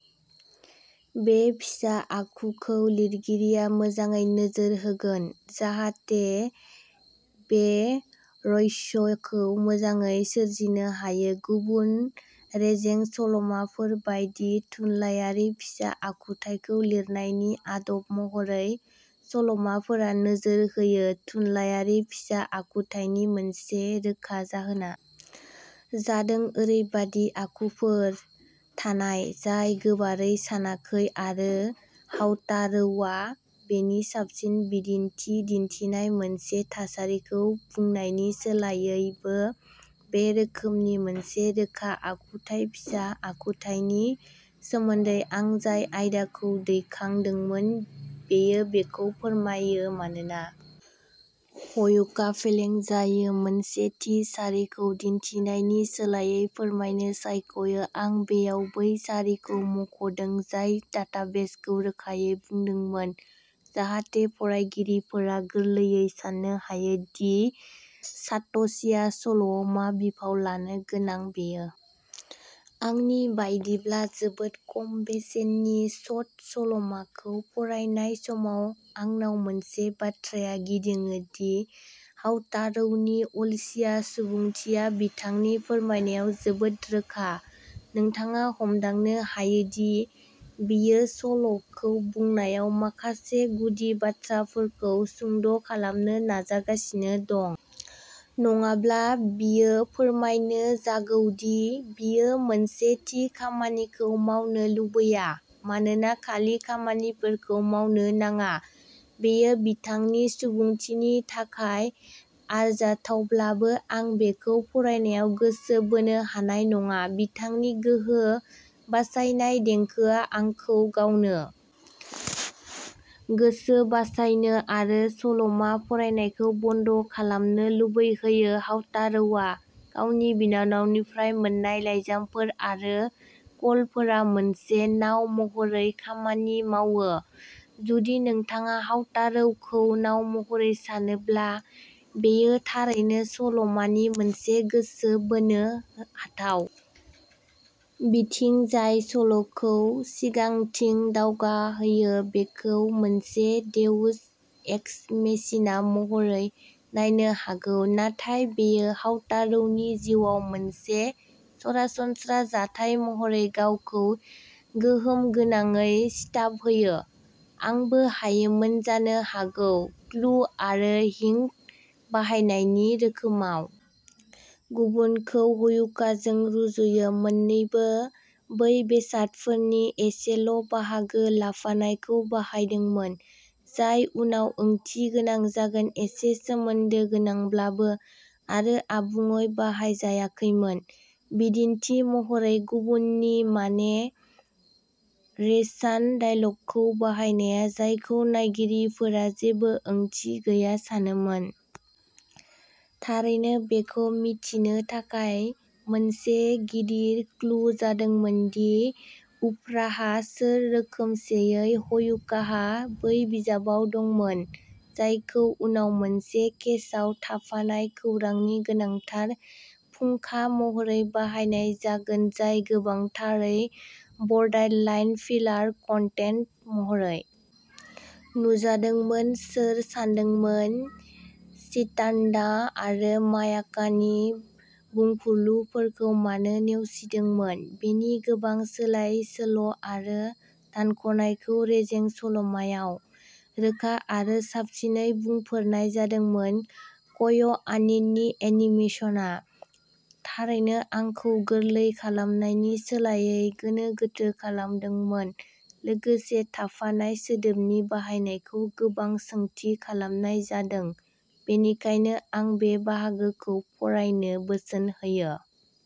बे फिसा आखु खौ लिरगिरिया मोजाङै नोजोर होगोन जाहाथे बे रहस्यखौ मोजाङै सोरजिनो हायो गुबुन रेजें सल'माफोर बायदि थुनलायारि फिसा आखुथाइखौ लिरनायनि आदब महरै सल'माफोरा नोजोर होयो थुनलायारि फिसा आखुथाइनि मोनसे रोखा जाहोनआ जादों ओरैबायदि आखुफोर थानाय जाय गोबारै सानाखै आरो हाउतारौआ बेनि साबसिन बिदिन्थि दिन्थिनाय मोनसे थासारिखौ बुंनायनि सोलायैबो बे रोखोमनि मोनसे रोखा आखुथाय फिसा आखुथाइनि सोमोन्दै आं जाय आयदाखौ दैखांदोंमोन बेयो बेखौ फोरमायो मानोना ह्युका फेलें जायो मोनसे थि सारिखौ दिन्थिनायनि सोलायै फोरमायनो सायख'यो आं बेयाव बै सारिखौ मुंख'दों जाय डाटाबेस खौ रोखायै बुंदोंमोन जाहाथे फरायगिरिफोरा गोरलैयैनो सान्नो हायो दि सात'शीया सल'आव मा बिफाव लानो गोनां बेयो आंनि बायदिब्ला जोबोद खम बेसेननि शट सल'माखौ फरायनाय समाव आंनाव मोनसे बाथ्राया गिदिङो दि हाउतारौनि अलसिया सुबुंथिया बिथांनि फोरमायनायाव जोबोद रोखा नोंथाङा हमदांनो हायोदि बियो सल'खौ बुंनायाव माखासे गुदि बाथ्राफोरखौ सुंद'खालामनो नाजागासिनो दं नङाब्ला बियो फोरमायनो जागौदि बियो मोनसे थि खामानिखौ मावनो लुबैया मानोना खालि खामानिफोरखौ मावनो नाङा बेयो बिथांनि सुबुंथिनि थाखाय आरजाथावब्लाबो आं बेखौ फरायनायाव गोसो बोनो हानाय नङा बिथांनि गोहो बासायनाय देंखोआ आंखौ गावनो गोहो बासायनो आरो सल'मा फरायनायखौ बन्द खालामनो लुबैहोयो हाउतारौआ गावनि बिनानावनिफ्राय मोन्नाय लाइजामफोर आरो कलफोरा मोनसे नाव महरै खामानि मावो जुदि नोंथाङा हाउतारौखौ नाव महरै सानोब्ला बेयो थारैनो सल'मानि मोनसे गोसो बोनो हाथाव बिथिं जाय सल'खौ सिगांथिं दावगाहोयो बेखौ मोनसे देउस एक्स मेसिना महरै नायनो हागौ नाथाय बेयो हाउतारौनि जिउआव मोनसे सरासनस्रा जाथाय महरै गावखौ गोहोमगोनाङै सिथाबहोयो आंबो हायोमोन जानो हागौ क्लु आरो हिंट बाहायनायनि रोखोमाव गुबुनखौ ह्युकाजों रुजुयो मोननैबो बै बेसादफोरनि एसेल'बाहागो लाफानायखौ बाहायदोंमोन जाय उनाव ओंथिगोनां जागोन एसे सोमोन्दो गोनांब्लाबो आरो आबुङै बाहायजायाखैमोन बिदिन्थि महरै गुबुननि मानो रेइ चान डायलगखौ बाहायनाया जायखौ नायगिरिफोरा जेबो ओंथि गैया सानोमोन थारैनो बेखौ मिथिनो थाखाय मोनसे गिदिर क्लु जादोंमोन दि उफ्राआ सोर रोखोमसेयै ह्युकाहा बै बिजाब दंमोन जायखौ उनाव मोनसे केसआव थाफानाय खौरांनि गोनांथार फुंखा महरै बाहायनाय जागोन जाय गोबांथारै बर्डारलाइन फिलार कन्टेन्ट महरै नुजादोंमोन सोर सानदोंमोन चिटान्डा आरो मायाकानि बुंफुरलुफोरखौ मानो नेवसिदोंमोन बेनि गोबां सोलाय सोल आरो दानख'नायखौ रेजें सल'माआव रोखा आरो साबसिनै बुंफोरनाय जादोंमोन क्य'आनीनि एनिमेशनआ थारैनो आंखौ गोरलै खालामनायनि सोलायै गोनो गोथो खालामदोंमोन लोगोसे थाफानाय सोदोबनि बाहायनायखौ गोबां सोंथि खालामनाय जादों बेनिखायनो आं बे बाहागोखौ फरायनो बोसोन होयो।